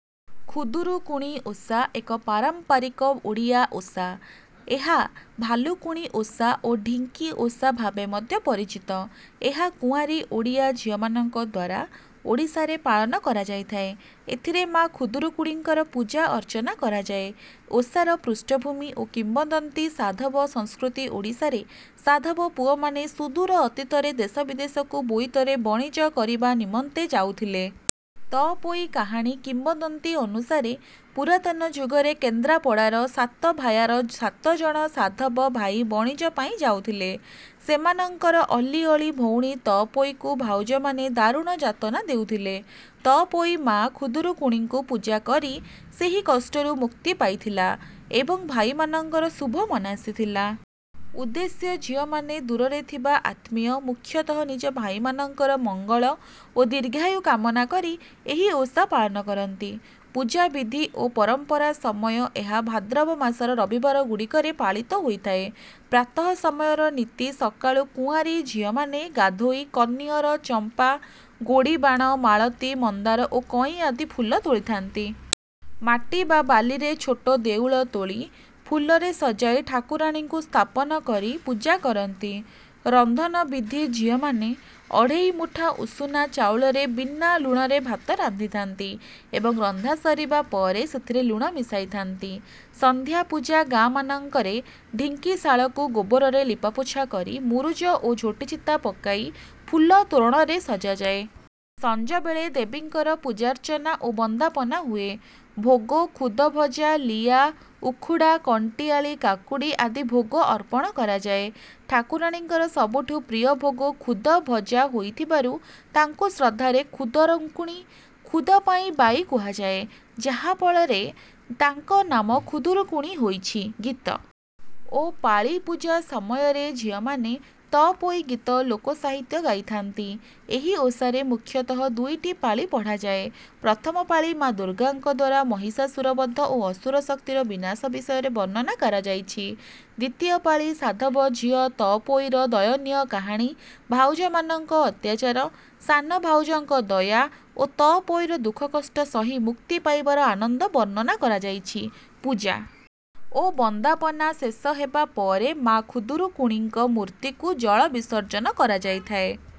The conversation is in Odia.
ଖୁଦୁରୁକୁଣି ଓଷା ଏକ ପାରମ୍ପାରିକ ଓଡ଼ିଆ ଓଷା। ଏହା 'ଭାଲୁକୁଣି ଓଷା' ଓ 'ଢିଙ୍କି ଓଷା' ଭାବେ ମଧ୍ୟ ପରିଚିତ। ଏହା କୁଆଁରୀ ଓଡ଼ିଆ ଝିଅମାନଙ୍କ ଦ୍ୱାରା ଓଡ଼ିଶାରେ ପାଳନ କରାଯାଇଥାଏ। ଏଥିରେ ମା' ଖୁଦୁରୁକୁଣିଙ୍କର ପୂଜା-ଅର୍ଚ୍ଚନା କରାଯାଏ। ଓଷାର ପୃଷ୍ଠଭୂମି ଓ କିମ୍ବଦନ୍ତୀ ସାଧବ ସଂସ୍କୃତି ଓଡ଼ିଶାରେ ସାଧବ ପୁଅମାନେ ସୁଦୂର ଅତୀତରେ ଦେଶବିଦେଶକୁ ବୋଇତରେ ବଣିଜ କରିବା ନିମନ୍ତେ ଯାଉଥିଲେ। ତଅପୋଇ କାହାଣୀ କିମ୍ବଦନ୍ତୀ ଅନୁସାରେ ପୁରାତନ ଯୁଗରେ କେନ୍ଦ୍ରାପଡ଼ାର ସାତଭାୟାର ସାତଜଣ ସାଧବ ଭାଇ ବଣିଜ ପାଇଁ ଯାଉଥିଲେ। ସେମାନଙ୍କର ଅଲିଅଳି ଭଉଣୀ ତଅପୋଇକୁ ଭାଉଜମାନେ ଦାରୁଣ ଯାତନା ଦେଉଥିଲେ। ତଅପୋଇ ମା' ଖୁଦୁରୁକୁଣିଙ୍କୁ ପୂଜା କରି ସେହି କଷ୍ଟରୁ ମୁକ୍ତି ପାଇଥିଲା ଏବଂ ଭାଇମାନଙ୍କର ଶୁଭ ମନାସିଥିଲା। ଉଦ୍ଦେଶ୍ୟ ଝିଅମାନେ ଦୂରରେ ଥିବା ଆତ୍ମୀୟ, ମୁଖ୍ୟତଃ ନିଜ ଭାଇମାନଙ୍କର ମଙ୍ଗଳ ଓ ଦୀର୍ଘାୟୁ କାମନା କରି ଏହି ଓଷା ପାଳନ କରନ୍ତି। ପୂଜାବିଧି ଓ ପରମ୍ପରାସମୟ ଏହା ଭାଦ୍ରବ ମାସର ରବିବାରଗୁଡ଼ିକରେ ପାଳିତ ହୋଇଥାଏ। ପ୍ରାତଃ ସମୟର ନୀତି ସକାଳୁ କୁଆଁରୀ ଝିଅମାନେ ଗାଧୋଇ କନିଅର, ଚମ୍ପା, ଗୋଡ଼ିବାଣ, ମାଳତୀ, ମନ୍ଦାର ଓ କଇଁ ଆଦି ଫୁଲ ତୋଳିଥାନ୍ତି। ମାଟି ବା ବାଲିରେ ଛୋଟ ଦେଉଳ ତୋଳି, ଫୁଲରେ ସଜାଇ ଠାକୁରାଣୀଙ୍କୁ ସ୍ଥାପନ କରି ପୂଜା କରନ୍ତି। ରନ୍ଧନ ବିଧି ଝିଅମାନେ ଅଢ଼େଇ ମୁଠା ଉଷୁନା ଚାଉଳରେ ବିନା ଲୁଣରେ ଭାତ ରାନ୍ଧିଥାନ୍ତି ଏବଂ ରନ୍ଧା ସରିବା ପରେ ସେଥିରେ ଲୁଣ ମିଶାଇଥାନ୍ତି। ସନ୍ଧ୍ୟା ପୂଜା ଗାଁମାନଙ୍କରେ ଢିଙ୍କିଶାଳକୁ ଗୋବରରେ ଲିପାପୋଛା କରି, ମୁରୁଜ ଓ ଝୋଟି ଚିତା ପକାଇ, ଫୁଲ ତୋରଣରେ ସଜାଯାଏ। ସଞ୍ଜବେଳେ ଦେବୀଙ୍କର ପୂଜାର୍ଚ୍ଚନା ଓ ବନ୍ଦାପନା ହୁଏ। ଭୋଗ ଖୁଦ ଭଜା, ଲିଆ, ଉଖୁଡ଼ା, କଣ୍ଟିଆଳି କାକୁଡ଼ି ଆଦି ଭୋଗ ଅର୍ପଣ କରାଯାଏ। ଠାକୁରାଣୀଙ୍କର ସବୁଠୁ ପ୍ରିୟ ଭୋଗ ଖୁଦଭଜା ହୋଇଥିବାରୁ ତାଙ୍କୁ ଶ୍ରଦ୍ଧାରେ ଖୁଦରଙ୍କୁଣି, ଖୁଦ ପାଇଁ ବାଇ କୁହାଯାଏ, ଯାହାଫଳରେ ତାଙ୍କ ନାମ ଖୁଦୁରୁକୁଣି ହୋଇଛି। ଗୀତ ଓ ପାଳି ପୂଜା ସମୟରେ ଝିଅମାନେ ତଅପୋଇ ଗୀତ ଲୋକସାହିତ୍ୟ ଗାଇଥାନ୍ତି। ଏହି ଓଷାରେ ମୁଖ୍ୟତଃ ଦୁଇଟି ପାଳି ପଢ଼ାଯାଏ। ପ୍ରଥମ ପାଳି ମା ଦୁର୍ଗାଙ୍କ ଦ୍ୱାରା ମହିଷାସୁର ବଧ ଓ ଅସୁର ଶକ୍ତିର ବିନାଶ ବିଷୟରେ ବର୍ଣ୍ଣନା କରାଯାଇଛି। ଦ୍ୱିତୀୟ ପାଳି ସାଧବ ଝିଅ ତଅପୋଇର ଦୟନୀୟ କାହାଣୀ, ଭାଉଜମାନଙ୍କ ଅତ୍ୟାଚାର, ସାନ ଭାଉଜଙ୍କ ଦୟା ଓ ତଅପୋଇର ଦୁଃଖକଷ୍ଟ ସହି ମୁକ୍ତି ପାଇବାର ଆନନ୍ଦ ବର୍ଣ୍ଣନା କରାଯାଇଛି। ପୂଜା ଓ ବନ୍ଦାପନା ଶେଷ ହେବା ପରେ ମା ଖୁଦୁରୁକୁଣିଙ୍କ ମୂର୍ତ୍ତିକୁ ଜଳ ବିସର୍ଜନ କରାଯାଇଥାଏ।